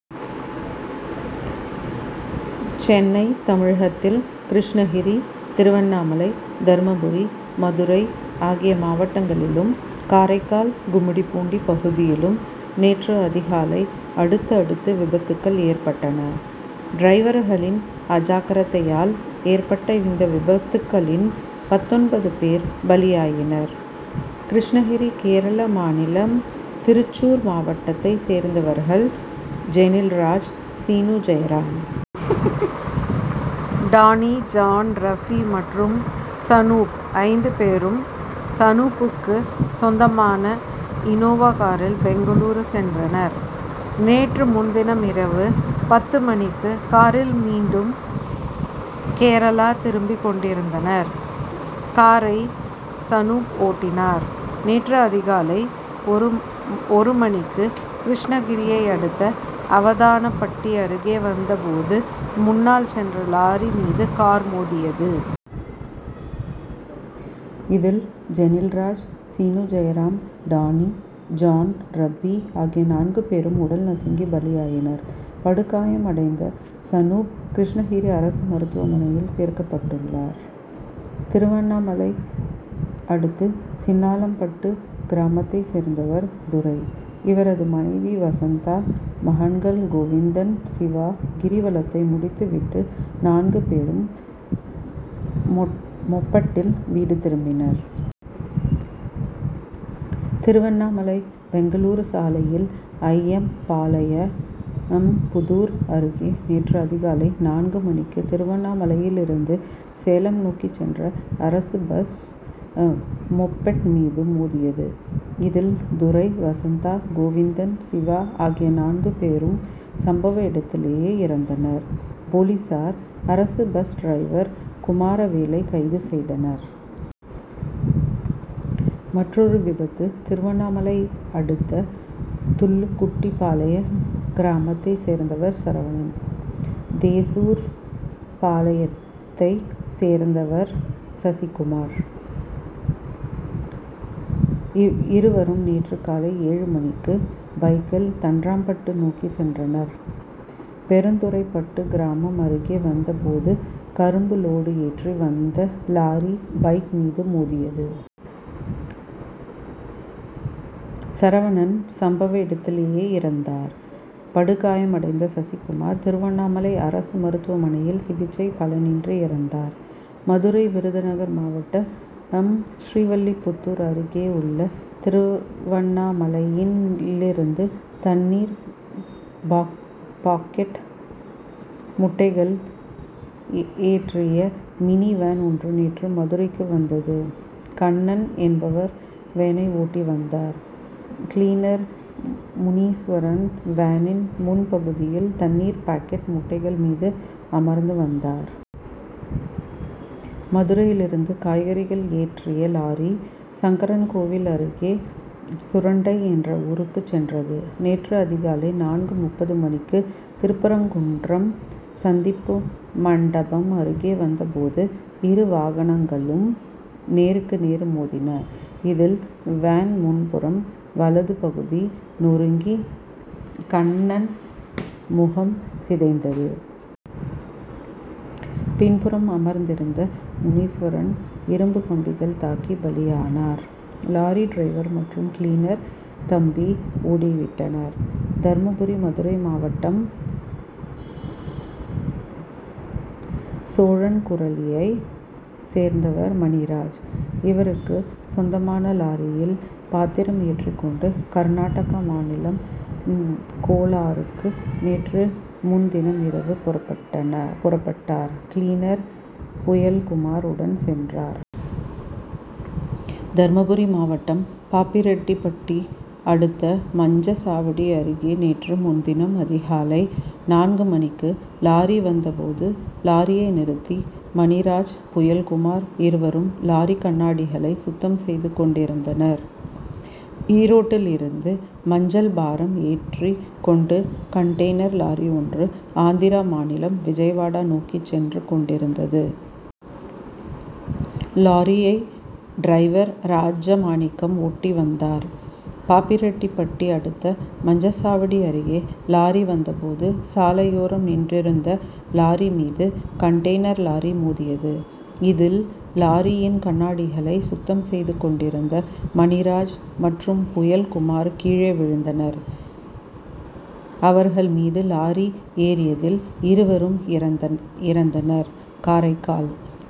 சென்னை தமிழகத்தில் கிருஷ்ணகிரி திருவண்ணாமலை தர்மபுரி மதுரை ஆகிய மாவட்டங்களிலும் காரைக்கால் கும்மிடிப்பூண்டி பகுதியிலும் நேற்று அதிகாலை அடுத்தடுத்து விபத்துக்கள் ஏற்பட் டன. டிரைவர்களின் அஜாக்கிரதையால் ஏற்பட்ட இந்த விபத்துக்களில் பத்தொன்பது பேர் பலியாயினர். கிருஷ்ணகிரி கேரள மாநிலம் திருச்சூர் மாவட்டத்தைச் சேர்ந்தவர்கள் ஜெனில்ராஜ் சீனுஜெயராம். டானி ஜான் ரப்பி மற்றும் சனூப். ஐந்து பேரும் சனூப்புக்கு சொந்தமான இன்னோவா காரில் பெங்களூரு சென்றனர். நேற்று முன்தினம் இரவு பத்து மணிக்கு காரில் மீண்டும் கேரளா திரும்பிக் கொண்டிருந்தனர். காரை சனூப் ஓட்டினார். நேற்று அதிகாலை ஒரு மணிக்கு கிருஷ்ணகிரியை அடுத்த அவதானபட்டி அருகே வந்த போது முன்னால் சென்ற லாரி மீது கார் மோதியது. இதில் ஜெனில்ராஜ் சீனு ஜெயராம் டானி ஜான் ரப்பி ஆகிய நான்கு பேரும் உடல் நசுங்கி பலியாயினர். படுகாயமடைந்த சனூப் கிருஷ்ணகிரி அரசு மருத்துவமனையில் சேர்க்கப்பட்டுள்ளார். திருவண்ணாமலை திருவண்ணாமலை அடுத்த சின்னபாலியப்பட்டு கிராமத்தை சேர்ந்தவர் துரை. இவரது மனைவி வசந்தா. மகன்கள் கோவிந்தன் சிவா. கிரிவலத்தை முடித்து விட்டு நான்கு பேரும் மொபெட்டில் வீடு திரும்பினர். திருவண்ணாமலை பெங்களூரு சாலையில் அய்யம்பாளையம் புதூர் அருகே நேற்று அதிகாலை நான்கு மணிக்கு திருவண்ணாமலையில் இருந்து சேலம் நோக்கிச் சென்ற அரசு பஸ் மொபெட் மீது மோதியது. இதில் துரை வசந்தா கோவிந்தன் சிவா ஆகிய நான்கு பேரும் சம்பவ இடத்திலேயே இறந்தனர். போலீசார் அரசு பஸ் டிரைவர் குமாரவேலை கைது செய்தனர். மற்றொரு விபத்து திருவண்ணாமலை அடுத்த துள்ளுக்குட்டி பாளையம் கிராமத்தை சேர்ந்தவர் சரவணன். தேசூர் பாளையத்தை சேர்ந்தவர் சசிகுமார். இருவரும் நேற்று காலை ஏழு மணிக்கு பைக்கில் தண்டராம்பட்டு நோக்கி சென்றனர். பெருந்துறைப்பட்டு கிராமம் அருகே வந்த போது கரும்பு லோடு ஏற்றி வந்த லாரி பைக் மீது மோதியது. சரவணன் சம்பவ இடத்திலேயே இறந்தார். படுகாயமடைந்த சசிகுமார் திருவண்ணாமலை அரசு மருத்துவமனையில் சிகிச்சை பலனின்றி இறந்தார். மதுரை விருதுநகர் மாவட்டம் ஸ்ரீவில்லிபுத்தூர் அருகேயுள்ள திருவண்ணாமலையிலிருந்து தண்ணீர் பாக்கெட் மூட்டைகள் ஏற்றிய மினிவேன் ஒன்று நேற்று மதுரைக்கு வந்தது. கண்ணன் என்பவர் வேனை ஓட்டி வந்தார். கிளீனர் முனீஸ்வரன் வேனின் பின்பகுதியில் தண்ணீர் பாக்கெட் மூட்டைகள் மீது அமர்ந்து வந்தார். மதுரையிலிருந்து காய்கறிகள் ஏற்றிய லாரி சங்கரன்கோவில் அருகே சுரண்டை என்ற ஊருக்கு சென்றது. நேற்று அதிகாலை நான்கு முப்பது மணிக்கு திருப்பரங்குன்றம் சந்திப்பு மண்டபம் அருகே வந்த போது இரு வாகனங்களும் நேருக்கு நேர் மோதின. இதில் வேன் முன்புறம் வலதுபகுதி நொறுங்கி கண்ணன் முகம் சிதைந்தது. பின்புறம் அமர்ந்திருந்த முனீஸ்வரன் இரும்பு கம்பிகள் தாக்கி பலியானர். லாரி டிரைவர் மற்றும் கிளீனர் தப்பி ஓடிவிட்டனர். தர்மபுரி மதுரை மாவட்டம் சோழன்குரலியை சேர்ந்தவர் மணிராஜ். இவருக்கு சொந்தமான லாரியில் பாத்திரம் ஏற்றி கொண்டு கர்நாடக மாநிலம் கோலாருக்கு நேற்று முன்தினம் இரவு புறப்பட்டார். கிளீனர் புயல்குமார் உடன் சென்றார். தர்மபுரி மாவட்டம் பாப்பிரெட்டிப்பட்டி அடுத்த மஞ்சவாடி அருகே நேற்று முன்தினம் அதிகாலை நான்கு மணிக்கு லாரி வந்த போது லாரியை நிறுத்தி மணிராஜ் புயல்குமார் இருவரும் லாரி கண்ணாடிகளை சுத்தம் செய்து கொண்டிருந்தனர். ஈரோட்டில் இருந்து மஞ்சள் பாரம் ஏற்றி கொண்டு கன்டெய்னர் லாரி ஒன்று ஆந்திர மாநிலம் விஜயவாடா நோக்கி சென்று கொண்டிருந்தது. லாரியை டிரைவர் ராஜமாணிக்கம் ஓட்டி வந்தார். பாப்பிரெட்டிப்பட்டி அடுத்த மஞ்சவாடி அருகே லாரி வந்த போது சாலையோரம் நின்றிருந்த லாரி மீது கன்டெய்னர் லாரி மோதியது. இதில் லாரியின் கண்ணாடிகளை சுத்தம் செய்து கொண்டிருந்த மணிராஜ் மற்றும் புயல்குமார் கீழே விழுந்தனர். அவர்கள் மீது லாரி ஏறியதில் இருவரும் இறந்தனர். காரைக்கால்